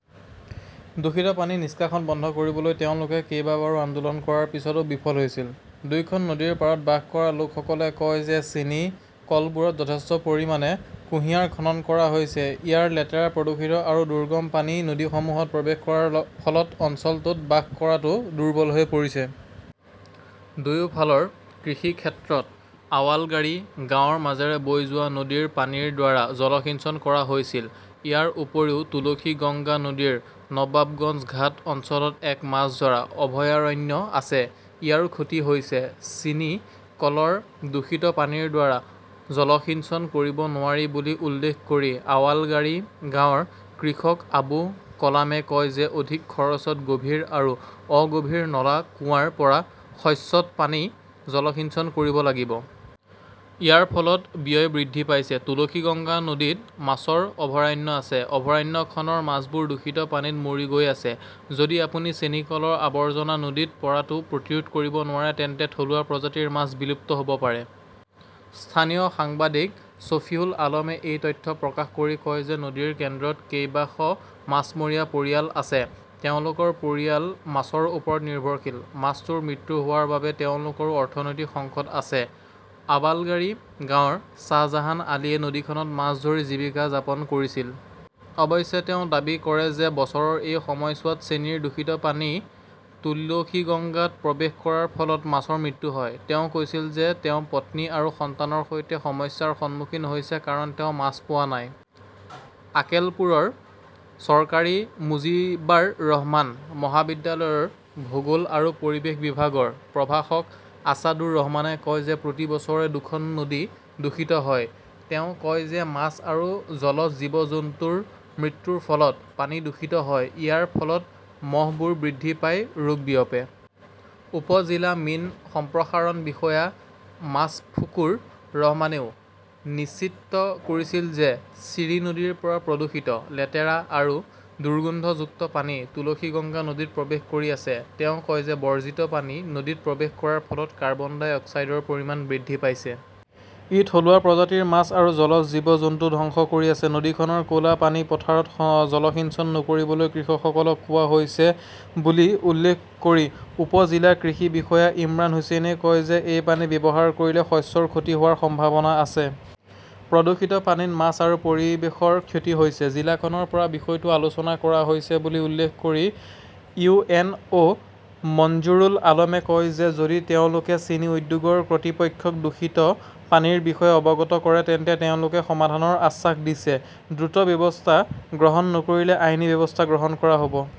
দূষিত পানী নিষ্কাশন বন্ধ কৰিবলৈ তেওঁলোকে কেইবাবাৰো আন্দোলন কৰাৰ পিছতো বিফল হৈছিল। দুয়োখন নদীৰ পাৰত বাস কৰা লোকসকলে কয় যে চেনি কলবোৰত যথেষ্ট পৰিমাণে কুঁহিয়াৰ খনন কৰা হৈছে। ইয়াৰ লেতেৰা, প্ৰদূষিত আৰু দুৰ্গম পানী নদীসমূহত প্ৰৱেশ কৰাৰ ফলত অঞ্চলটোত বাস কৰাটো দুৰ্বল হৈ পৰিছে। দুয়োফালৰ কৃষিক্ষেত্ৰত আৱালগাড়ী গাঁৱৰ মাজেৰে বৈ যোৱা নদীৰ পানীৰ দ্বাৰা জলসিঞ্চন কৰা হৈছিল। ইয়াৰ উপৰিও, তুলসীগঙ্গা নদীৰ নৱাবগঞ্জ ঘাট অঞ্চলত এক মাছ ধৰা অভয়াৰণ্য আছে। ইয়াৰো ক্ষতি হৈছে। চিনি কলৰ দূষিত পানীৰ দ্বাৰা জলসিঞ্চন কৰিব নোৱাৰি বুলি উল্লেখ কৰি আৱালগাড়ী গাঁৱৰ কৃষক আবু কলামে কয় যে অধিক খৰচত গভীৰ আৰু অগভীৰ নলা কুঁৱাৰ পৰা শস্যত পানী জলসিঞ্চন কৰিব লাগিব। ইয়াৰ ফলত ব্যয় বৃদ্ধি পাইছে। তুলসীগঙ্গা নদীত মাছৰ অভয়াৰণ্য আছে। অভয়াৰণ্যখনৰ মাছবোৰ দূষিত পানীত মৰি গৈ আছে। যদি আপুনি চেনি কলৰ আৱৰ্জনা নদীত পৰাটো প্ৰতিৰোধ কৰিব নোৱাৰে তেন্তে থলুৱা প্ৰজাতিৰ মাছ বিলুপ্ত হ 'ব পাৰে। স্থানীয় সাংবাদিক শফিউল আলমে এই তথ্য প্ৰকাশ কৰি কয় যে নদীৰ কেন্দ্ৰত কেইবাশ মাছমৰীয়া পৰিয়াল আছে। তেওঁলোকৰ পৰিয়াল মাছৰ ওপৰত নিৰ্ভৰশীল। মাছটোৰ মৃত্যু হোৱাৰ বাবে তেওঁলোকৰো অৰ্থনৈতিক সংকট আছে। আৱালগাড়ী গাঁৱৰ শ্বাহজাহান আলীয়ে নদীখনত মাছ ধৰি জীৱিকা যাপন কৰিছিল। অৱশ্যে, তেওঁ দাবী কৰে যে বছৰৰ এই সময়ছোৱাত চেনিৰ দূষিত পানী তুলসীগঙ্গাত প্ৰৱেশ কৰাৰ ফলত মাছৰ মৃত্যু হয়। তেওঁ কৈছিল যে তেওঁ পত্নী আৰু সন্তানৰ সৈতে সমস্যাৰ সন্মুখীন হৈছে কাৰণ তেওঁ মাছ পোৱা নাই। আকেলপুৰৰ চৰকাৰী মুজিবাৰ ৰহমান মহাবিদ্যালয়ৰ ভূগোল আৰু পৰিৱেশ বিভাগৰ প্ৰভাষক আছাদুৰ ৰহমানে কয় যে প্ৰতি বছৰে দুখন নদী দূষিত হয়। তেওঁ কয় যে মাছ আৰু জলজ জীৱ-জন্তুৰ মৃত্যুৰ ফলত পানী দূষিত হয়। ইয়াৰ ফলত মহবোৰ বৃদ্ধি পায়, ৰোগ বিয়পে। উপ জিলা মীন সম্প্ৰসাৰণ বিষয়া মাছফুকুৰ ৰহমানেও নিশ্চিত কৰিছিল যে চিৰি নদীৰ পৰা প্ৰদূষিত, লেতেৰা আৰু দুৰ্গন্ধযুক্ত পানী তুলসীগঙ্গা নদীত প্ৰৱেশ কৰি আছে। তেওঁ কয় যে বৰ্জিত পানী নদীত প্ৰৱেশ কৰাৰ ফলত কাৰ্বন ডাই অক্সাইডৰ পৰিমাণ বৃদ্ধি পাইছে। ই থলুৱা প্ৰজাতিৰ মাছ আৰু জলজ জীৱ জন্তু ধ্বংস কৰি আছে। নদীখনৰ ক 'লা পানী পথাৰত জলসিঞ্চন নকৰিবলৈ কৃষকসকলক কোৱা হৈছে বুলি উল্লেখ কৰি উপ-জিলা কৃষি বিষয়া ইমৰান হুচেইনে কয় যে এই পানী ব্যৱহাৰ কৰিলে শস্যৰ ক্ষতি হোৱাৰ সম্ভাৱনা আছে। প্ৰদূষিত পানীত মাছ আৰু পৰিৱেশৰ ক্ষতি হৈছে। জিলাখনৰ পৰা বিষয়টো আলোচনা কৰা হৈছে বুলি উল্লেখ কৰি ইউ এন অ মঞ্জুৰুল আলমে কয় যে যদি তেওঁলোকে চেনি উদ্যোগৰ কৰ্তৃপক্ষক দূষিত পানীৰ বিষয়ে অৱগত কৰে তেন্তে তেওঁলোকে সমাধানৰ আশ্বাস দিছে। দ্ৰুত ব্যৱস্থা গ্ৰহণ নকৰিলে আইনী ব্যৱস্থা গ্ৰহণ কৰা হ’ব।